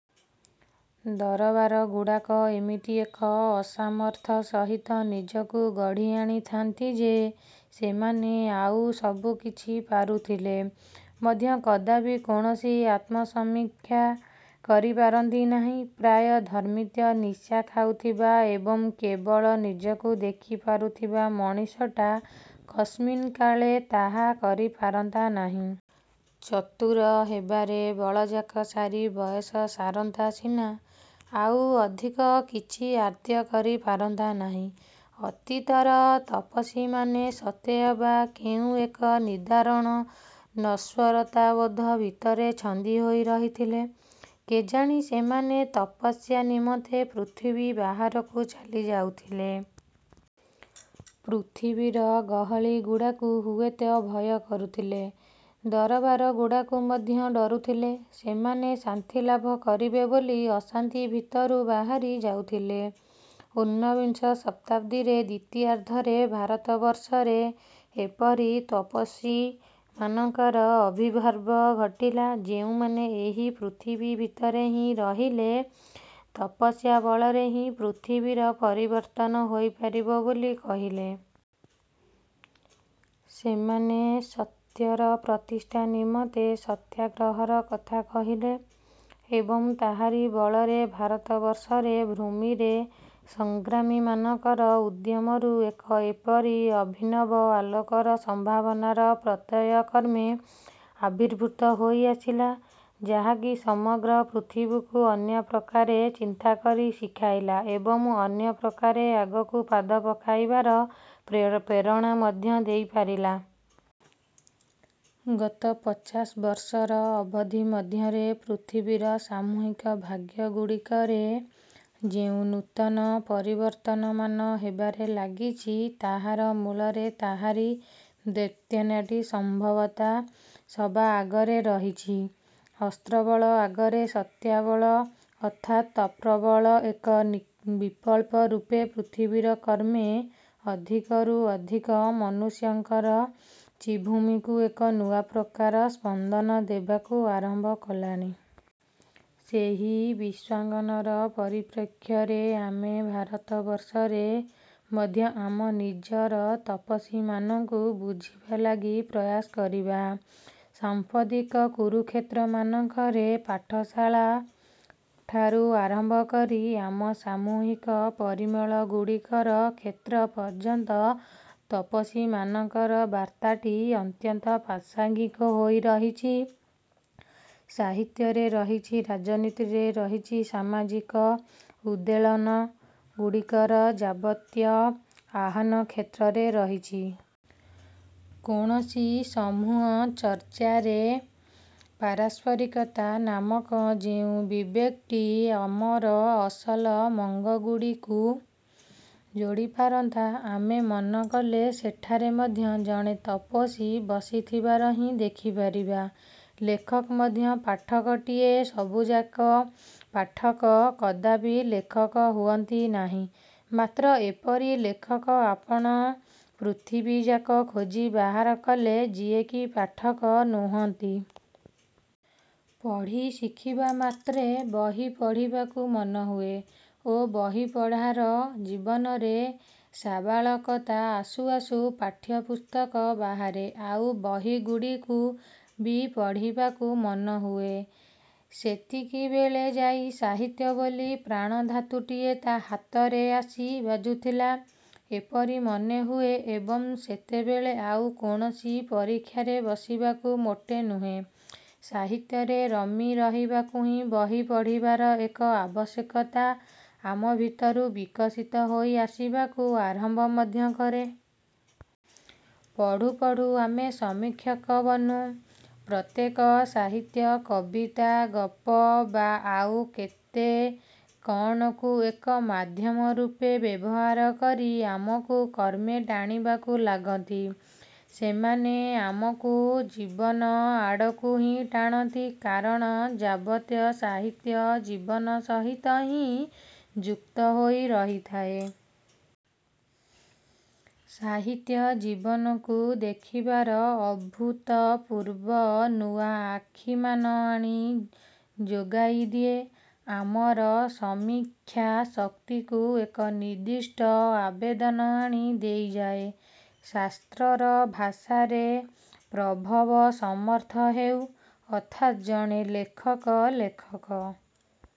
ଦରବାରଗୁଡ଼ାକ ଏମିତି ଏକ ଅସାମର୍ଥ୍ୟ ସହିତ ନିଜକୁ ଗଢ଼ି ଆଣିଥାଆନ୍ତି ଯେ ସେମାନେ ଆଉ ସବୁ କିଛି ପାରୁଥିଲେ ମଧ୍ୟ କଦାପି କୌଣସି ଆତ୍ମସମୀକ୍ଷା କରିପାରନ୍ତି ନାହିଁ। ପ୍ରାୟ ଧର୍ମତଃ ନିଶା ଖାଇଥିବା ଏବଂ କେବଳ ନିଜକୁ ଦେଖି ପାରୁଥିବା ମଣିଷଟାଏ କସ୍ମିନକାଳେ ତାହା କରିପାରନ୍ତା ନାହିଁ। ଚତୁର ହେବାରେ ବଳଯାକ ସାରି ବୟସ ସାରନ୍ତା ସିନା, ଆଉ ଅଧିକ କିଛି ଆଦ୍ୟ କରିପାରନ୍ତା ନାହିଁ। ଅତୀତର ତପସ୍ୱୀମାନେ ସତେ ଅବା କେଉଁ ଏକ ନିଦାରୁଣ ନଶ୍ୱରତାବୋଧ ଭିତରେ ଛନ୍ଦି ହୋଇ ରହିଥିଲେ କେଜାଣି ସେମାନେ ତପସ୍ୟା ନିମନ୍ତେ ପୃଥିବୀ ବାହାରକୁ ଚାଲି ଯାଉଥିଲେ। ପୃଥିବୀର ଗହଳିଗୁଡ଼ାକୁ ହୁଏତ ଭୟ କରୁଥିଲେ, ଦରବାରଗୁଡ଼ାକୁ ମଧ୍ୟ ଡ଼ରୁଥିଲେ। ସେମାନେ ଶାନ୍ତିଲାଭ କରିବେ ବୋଲି ଅଶାନ୍ତି ଭିତରୁ ବାହାରି ଯାଉଥିଲେ। ଊନବିଂଶ ଶତାବ୍ଦୀର ଦ୍ୱିତୀୟାର୍ଦ୍ଧରେ ଭାରତବର୍ଷରେ ଏପରି ତପସ୍ୱୀମାନଙ୍କର ଅବିର୍ଭାବ ଘଟିଲା, ଯେଉଁମାନେ ଏହି ପୃଥିବୀ ଭିତରେ ହିଁ ରହିଲେ, ତପସ୍ୟା ବଳରେ ହିଁ ପୃଥିବୀର ପରିବର୍ତ୍ତନ ହୋଇପାରିବ ବୋଲି କହିଲେ। ସେମାନେ ସତ୍ୟର ପ୍ରତିଷ୍ଠା ନିମନ୍ତେ ସତ୍ୟାଗ୍ରହର କଥା କହିଲେ ଏବଂ ତାହାରି ବଳରେ ଭାରତବର୍ଷର ଭୂମିରେ ସଂଗ୍ରାମୀମାନଙ୍କର ଉଦ୍ୟମରୁ ଏକ ଏପରି ଅଭିନବ ଆଲୋକର ସମ୍ଭାବନାର ପ୍ରତ୍ୟୟ କ୍ରମେ ଆବିର୍ଭୂତ ହୋଇ ଆସିଲା ଯାହାକି ସମଗ୍ର ପୃଥିବୀକୁ ଅନ୍ୟପ୍ରକାରେ ଚିନ୍ତାକରି ଶିଖାଇଲା ଏବଂ ଅନ୍ୟ ପ୍ରକାରେ ଆଗକୁ ପାଦ ପକାଇବାର ପ୍ରେପ୍ରେରଣା ମଧ୍ୟ ଦେଇପାରିଲା। ଗତ ପଚାଶ ବର୍ଷର ଅବଧି ମଧ୍ୟରେ ପୃଥିବୀର ସାମୂହିକ ଭାଗ୍ୟଗୁଡ଼ିକରେ ଯେଉଁ ନୂତନ ପରିବର୍ତ୍ତନମାନ ହେବାରେ ଲାଗିଛି ତାହାର ମୂଳରେ ତାହାରି ଦ୍ୟୋତନାଟି ସମ୍ଭବତଃ ସବାଆଗରେ ରହିଛି। ଅସ୍ତ୍ରବଳ ଆଗରେ ସତ୍ୟବଳ ଅର୍ଥାତ୍ ତପୋବଳ ଏକ ବିକଳ୍ପ ରୂପେ ପୃଥିବୀରେ କ୍ରମେ ଅଧିକରୁ ଅଧିକ ମନୁଷ୍ୟଙ୍କର ଚିଦ୍ଭୂମିକୁ ଏକ ନୂଆ ପ୍ରକାର ସ୍ପନ୍ଦନ ଦେବାକୁ ଆରମ୍ଭ କଲାଣି। ସେହି ବିଶ୍ୱାଙ୍ଗନର ପରିପ୍ରେକ୍ଷୀରେ ଆମେ ଭାରତବର୍ଷରେ ମଧ୍ୟ ଆମ ନିଜର ତପସ୍ୱୀମାନଙ୍କୁ ବୁଝିବାଲାଗି ପ୍ରୟାସ କରିବା। ସାମ୍ପ୍ରତିକ କୁରୁକ୍ଷେତ୍ରମାନଙ୍କରେ ପାଠଶାଳା ଠାରୁ ଆରମ୍ଭ କରି ଆମ ସାମୂହିକ ପରିମଳଗୁଡ଼ିକର କ୍ଷେତ୍ର ପର୍ଯ୍ୟନ୍ତ ତପସ୍ୱୀମାନଙ୍କର ବାର୍ତ୍ତାଟି ଅତ୍ୟନ୍ତ ପ୍ରାସଙ୍ଗିକ ହୋଇରହିଛି। ସାହିତ୍ୟରେ ରହିଛି, ରାଜନୀତିରେ ରହିଛି, ସାମାଜିକ ଉଦ୍ବେଳନ ଗୁଡ଼ିକର ଯାବତୀୟ ଆହ୍ୱାନକ୍ଷେତ୍ରରେ ରହିଛି। କୌଣସି ସମୂହଚର୍ଯ୍ୟାରେ ପାରସ୍ପରିକତା ନାମକ ଯେଉଁ ବିବେକଟି ଆମର ଅସଲ ମଙ୍ଗଗୁଡ଼ିକୁ ଯୋଡ଼ିପାରନ୍ତା ଆମେ ମନ କଲେ ସେଠାରେ ମଧ୍ୟ ଜଣେ ତପସ୍ୱୀ ବସିଥିବାର ହିଁ ଦେଖିପାରିବା। ଲେଖକ ମଧ୍ୟ ପାଠକଟିଏ ସବୁଯାକ ପାଠକ କଦାପି ଲେଖକ ହୁଅନ୍ତି ନାହିଁ, ମାତ୍ର ଏପରି ଲେଖକ ଆପଣ ପୃଥିବୀଯାକ ଖୋଜି ବାହାର କଲେ ଯିଏକି ପାଠକ ନୁହନ୍ତି। ପଢ଼ି ଶିଖିବାମାତ୍ରେ ବହି ପଢ଼ିବାକୁ ମନହୁଏ ଓ ବହିପଢାର ଜୀବନରେ ସାବାଳକତା ଆସୁ ଆସୁ ପାଠ୍ୟପୁସ୍ତକ ବାହାରେ ଆଉ ବହିଗୁଡ଼ିକୁ ବି ପଢ଼ିବାକୁ ମନହୁଏ। ସେତିକିବେଳେ ଯାଇ ସାହିତ୍ୟ ବୋଲି ପ୍ରାଣଧାତୁଟିଏ ହାତରେ ଆସି ବାଜୁଥିଲା ପରି ମନେହୁଏ ଏବଂ ସେତେବେଳେ ଆଉ କୌଣସି ପରୀକ୍ଷାରେ ବସିବାକୁ ମୋଟେ ନୁହେଁ, ସାହିତ୍ୟରେ ରମି ରହିବାକୁ ହିଁ ବହି ପଢ଼ିବାର ଏକ ଆବଶ୍ୟକତା ଆମ ଭିତରୁ ବିକଶିତ ହୋଇ ଆସିବାକୁ ଆରମ୍ଭ ମଧ୍ୟ କରେ। ପଢୁ ପଢୁ ଆମେ ସମୀକ୍ଷକ ବନୁ। ପ୍ରତ୍ୟେକ ସାହିତ୍ୟ, କବିତା, ଗପ ବା ଆଉ କେତେ କଣକୁ ଏକ ମାଧ୍ୟମ ରୂପେ ବ୍ୟବହାର କରି ଆମକୁ କ୍ରମେ ଟାଣିବାକୁ ଲାଗନ୍ତି। ସେମାନେ ଆମକୁ ଜୀବନ ଆଡ଼କୁ ହିଁ ଟାଣନ୍ତି। କାରଣ ଯାବତୀୟ ସାହିତ୍ୟ ଜୀବନ ସହିତ ହିଁ ଯୁକ୍ତ ହୋଇ ରହିଥାଏ। ସାହିତ୍ୟ ଜୀବନକୁ ଦେଖିବାର ଅଭୂତପୂର୍ବ ନୂଆ ଆଖିମାନ ଆଣି ଯୋଗାଇଦିଏ, ଆମର ସମୀକ୍ଷା ଶକ୍ତିକୁ ଏକ ନିର୍ଦ୍ଦିଷ୍ଟ ଆବେଦନ ଆଣି ଦେଇଯାଏ। ଶାସ୍ତ୍ରର ଭାଷାରେ ପ୍ରଭବସମର୍ଥ ହେଉ। ଅର୍ଥାତ୍ ଜଣେ ଲେଖକ ଲେଖକ